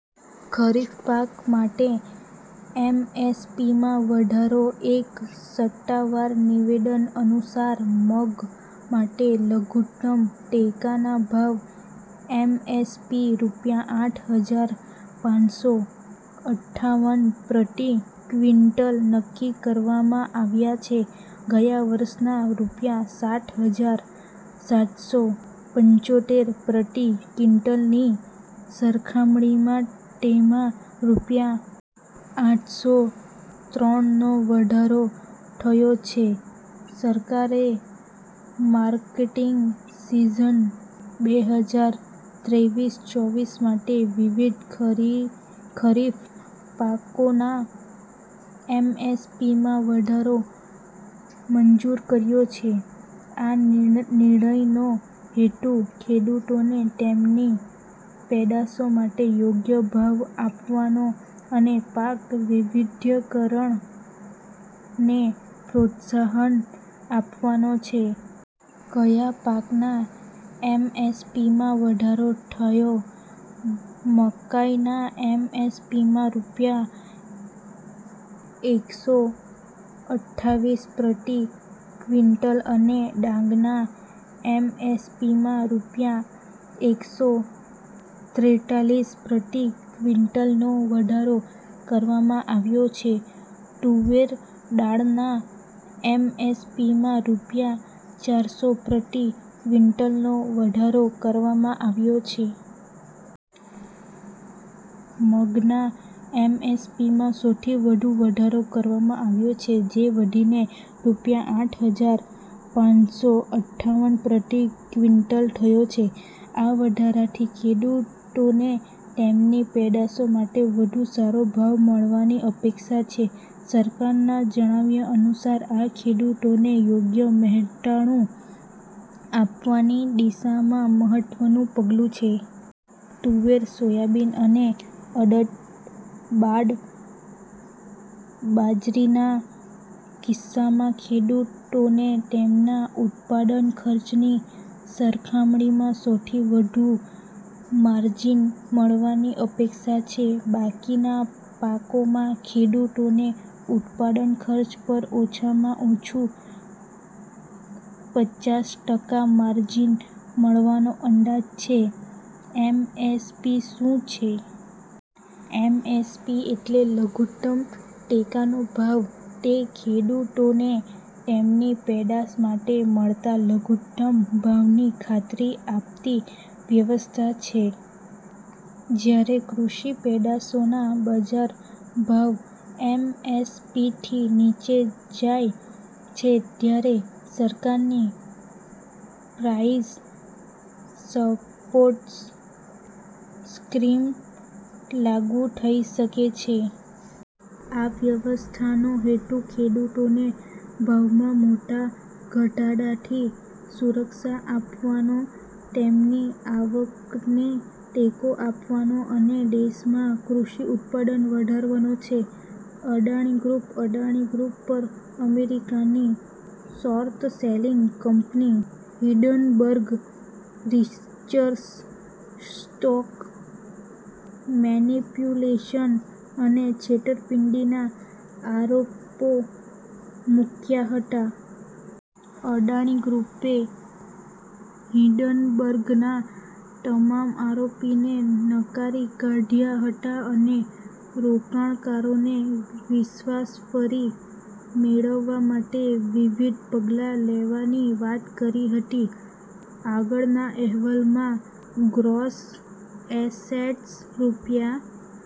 ખરીફ પાક માટે એમએસપીમાં વધારો એક સત્તાવાર નિવેદન અનુસાર, મગ માટે લઘુત્તમ ટેકાના ભાવ (એમએસપી) રૂપિયા આઠ હજાર પાંચસો અઠ્ઠાવનપ્રતિ ક્વિન્ટલ નક્કી કરવામાં આવ્યા છે. ગયા વર્ષના રૂપિયા સાત હજાર સાતસો પંચોતેર પ્રતિ ક્વિન્ટલની સરખામણીમાં તેમાં રૂપિયા આઠસો ત્રણનો વધારો થયો છે. સરકારે માર્કેટિંગ સીઝન બેહજાર ત્રેવીસ-ચોવીસ માટે વિવિધ ખરીફ પાકોના એમએસપીમાં વધારો મંજૂર કર્યો છે. આ નિર્ણયનો હેતુ ખેડૂતોને તેમની પેદાશો માટે યોગ્ય ભાવ આપવાનો અને પાક વૈવિધ્યકરણને પ્રોત્સાહન આપવાનો છે. કયા પાકના એમએસપીમાં વધારો થયો? મકાઈના એમએસપીમાં રૂપિયા. એકસો અઠ્ઠાવીસ પ્રતિ ક્વિન્ટલ અને ડાંગરના એમએસપીમાં રૂપિયા "એકસો ત્રેતાલીસ પ્રતિ ક્વિન્ટલનો વધારો કરવામાં આવ્યો છે. તુવેર દાળના એમએસપીમાં રૂપિયા. ચારસો પ્રતિ ક્વિન્ટલનો વધારો કરવામાં આવ્યો છે. મગના એમએસપીમાં સૌથી વધુ વધારો કરવામાં આવ્યો છે, જે વધીને રૂપિયા. આઠ હજાર પાંચસો અઠાવન પ્રતિ ક્વિન્ટલ થયો છે. આ વધારાથી ખેડૂતોને તેમની પેદાશો માટે વધુ સારો ભાવ મળવાની અપેક્ષા છે. સરકારના જણાવ્યા અનુસાર, આ ખેડૂતોને યોગ્ય મહેનતાણું આપવાની દિશામાં મહત્વનું પગલું છે. તુવેર, સોયાબીન અને અડદ બાદ બાજરીના કિસ્સામાં ખેડૂતોને તેમના ઉત્પાદન ખર્ચની સરખામણીમાં સૌથી વધુ માર્જિન મળવાની અપેક્ષા છે. બાકીના પાકોમાં ખેડૂતોને ઉત્પાદન ખર્ચ પર ઓછામાં ઓછું પચાસ ટકા માર્જિન મળવાનો અંદાજ છે. એમએસપી શું છે? એમએસપી એટલે લઘુત્તમ ટેકાનો ભાવ. તે ખેડૂતોને તેમની પેદાશ માટે મળતા લઘુત્તમ ભાવની ખાતરી આપતી વ્યવસ્થા છે. જ્યારે કૃષિ પેદાશોના બજાર ભાવએમએસપીથી નીચે જાય છે, ત્યારે સરકારની પ્રાઇસ સપોર્ટ સ્કીમ લાગુ થઈ શકે છે. આ વ્યવસ્થાનો હેતુ ખેડૂતોને ભાવમાં મોટા ઘટાડાથી સુરક્ષા આપવાનો, તેમની આવકને ટેકો આપવાનો અને દેશમાં કૃષિ ઉત્પાદન વધારવાનો છે. અદાણી ગ્રૂપ અદાણી ગ્રૂપ પર અમેરિકાની શોર્ટ-સેલિંગ કંપની હિંડનબર્ગ રિસર્ચે સ્ટોક મેનીપ્યુલેશન અને છેતરપિંડીના આરોપો મૂક્યા હતા. અદાણી ગ્રૂપે હિંડનબર્ગના તમામ આરોપોને નકારી કાઢ્યા હતા અને રોકાણકારોનો વિશ્વાસ ફરી મેળવવા માટે વિવિધ પગલાં લેવાની વાત કરી હતી. આગળના અહેવાલમાં ગ્રોસ એસેટ્સ રૂપિયા